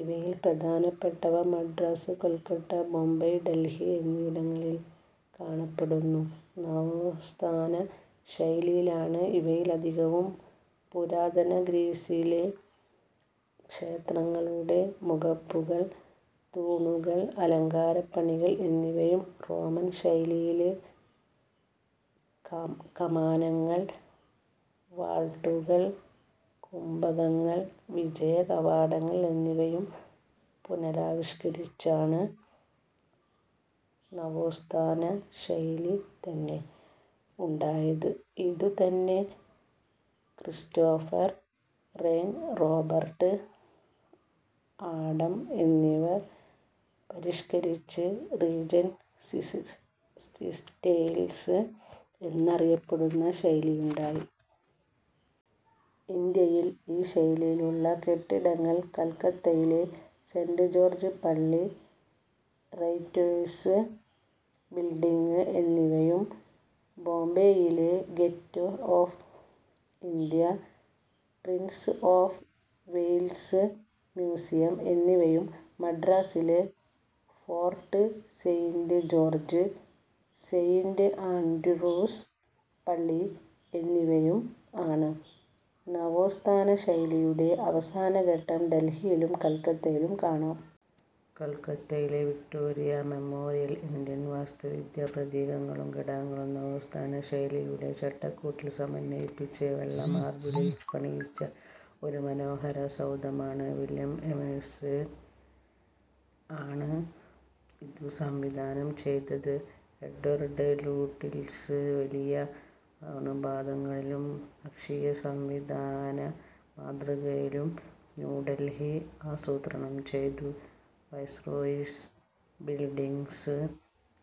ഇവയിൽ പ്രധാനപ്പെട്ടവ മദ്രാസ്, കൽക്കട്ട, ബോംബെ, ഡൽഹി എന്നിവിടങ്ങളിൽ കാണപ്പെടുന്നു. നവോസ്ഥാന ശൈലിയാണ് ഇവയിലധികവും. പുരാതനഗ്രീസിലെ ക്ഷേത്രങ്ങളുടെ മുഖപ്പുകൾ, തൂണുകൾ, അലങ്കാരപ്പണികൾ എന്നിവയും റോമൻ ശൈലിയിലെ കമാനങ്ങൾ, വാൾട്ടുകൾ, കുംഭകങ്ങൾ, വിജയകവാടങ്ങൾ എന്നിവയും പുനരാവിഷ്കരിച്ചാണ് നവോസ്ഥാന ശൈലിതന്നെ ഉണ്ടായത്. ഇതു തന്നെ ക്രിസ്റ്റോഫർ റെൻ, റോബർട്ട് ആഡം എന്നിവർ പരിഷ്കരിച്ച് റീജൻസിസ്റ്റൈൽസ് എന്നറിയപ്പെടുന്ന ശൈലിയുണ്ടായി. ഇന്ത്യയിൽ ഈ ശൈലിയിലുള്ള കെട്ടിടങ്ങൾ കൽക്കത്തയിലെ സെന്റ് ജോർജ്പള്ളി റൈറ്റേഴ്സ് ബിൽഡിംഗ് എന്നിവയും ബോബെയിലെ gateway of India, Prince of Wales museum എന്നിവയും മദ്രാസിലെ fort Saint George, Saint Andrews പള്ളി എന്നിവയും ആണ്. നവോസ്ഥാനശൈലിയുടെ അവസാനഘട്ടം ഡൽഹിയിലും കൽക്കത്തയിലും കാണാം. കൽക്കത്തയിലെ വിക്റ്റോറിയ മെമ്മോറിയൽ ഇന്ത്യൻ വാസ്തുവിദ്യാ പ്രതീകങ്ങളും ഘടകങ്ങളും നവോസ്ഥാനശൈലിയുടെ ചട്ടക്കൂട്ടിൽ സമന്വയിപ്പിച്ച് വെള്ളമാർബിളിൽ പണിയിച്ച ഒരുമനോഹര സൗധമാണ്. വില്യം എമേഴ്സൺ ആണ് ഇതു സംവിധാനം ചെയ്തത്. എഡ്വേർഡ് ലൂട്ടിൽസ് വലിയ അനുപാതങ്ങളിലും അക്ഷീയസംവിധാന മാതൃകയിലും ന്യൂഡൽഹി ആസൂത്രണം ചെയ്തു വൈസ്രോയീസ് ബിൽഡിംഗ്സ്,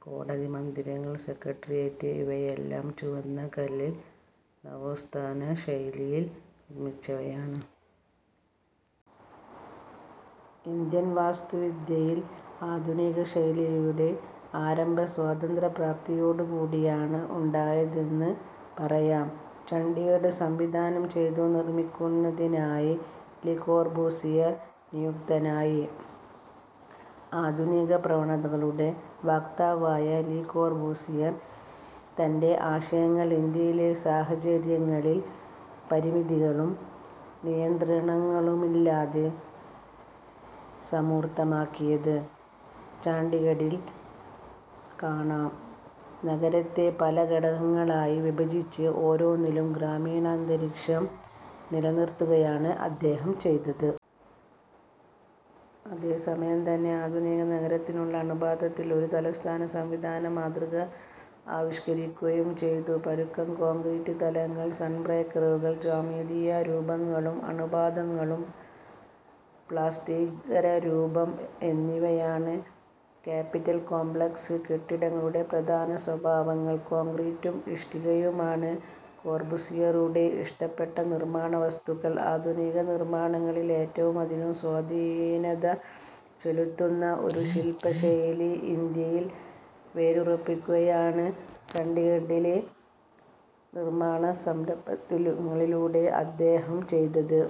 കോടതിമന്ദിരങ്ങൾ, സെക്രട്ടേറിയറ്റ് ഇവയെല്ലാം ചുവന്നകല്ലിൽ നവോത്ഥാനശൈലിയിൽ നിർമിച്ചവയാണ്. ഇന്ത്യൻവാസ്തു വിദ്യയിൽ ആധുനികശൈലിയുടെ ആരംഭം സ്വാതന്ത്ര്യ പ്രാപ്തിയോടുകൂടിയാണ് ഉണ്ടായതെന്നു പറയാം. ചണ്ഡിഗഡ് സംവിധാനം ചെയ്തു നിർമ്മിക്കുന്നതിനായി ലീ കോർബൂസിയർ നിയുക്തനായി. ആധുനിക പ്രവണതകളുടെ വക്താവായ ലീ കോർബൂസിയർ തന്റെ ആശയങ്ങൾ ഇന്ത്യയിലെ സാഹചര്യങ്ങളിൽ പരിമിതികളും നിയന്ത്രണങ്ങളുമില്ലാതെ സമൂർത്തമാക്കിയത് ചണ്ഡിഗഡിൽ കാണാം. നഗരത്തെ പല ഘടകങ്ങളായി വിഭജിച്ച് ഓരോന്നിലും ഗ്രാമീണാന്തരീക്ഷം നിലനിർത്തുകയാണ് അദ്ദേഹം ചെയ്തത്. അതേ സമയംതന്നെ ആധുനിക നഗരത്തിനുള്ള അനുപാതത്തിൽ ഒരു തലസ്ഥാന സംവിധാനമാതൃക ആവിഷ്കരിക്കുകയും ചെയ്തു. പരുക്കൻ കോൺക്രീറ്റ് തലങ്ങൾ, സൺബ്രേക്കറുകൾ, ജ്യാമിതീയ രൂപങ്ങളും അനുപാതങ്ങളും, പ്ലാസ്തീകരരൂപം എന്നിവയാണ് കാപ്പിറ്റൽ കോംപ്ലക്സ് കെട്ടിടങ്ങളുടെ പ്രധാന സ്വഭാവങ്ങൾ. കോൺക്രീറ്റും ഇഷ്ടികയുമാണ് കോർബുസിയറുടെ ഇഷ്ടപ്പെട്ട നിർമ്മാണ വസ്തുക്കൾ. ആധുനിക നിർമ്മാണങ്ങളിൽ ഏറ്റവും അധികം സ്വാധീനത ചെലുത്തുന്ന ഒരു ശില്പശൈലി ഇന്ത്യയിൽ വേരുറപ്പിക്കുകയാണ് ചണ്ഡിഗഡിലെ നിർമ്മാണ സംരംഭങ്ങളിലൂടെ അദ്ദേഹം ചെയ്തത്.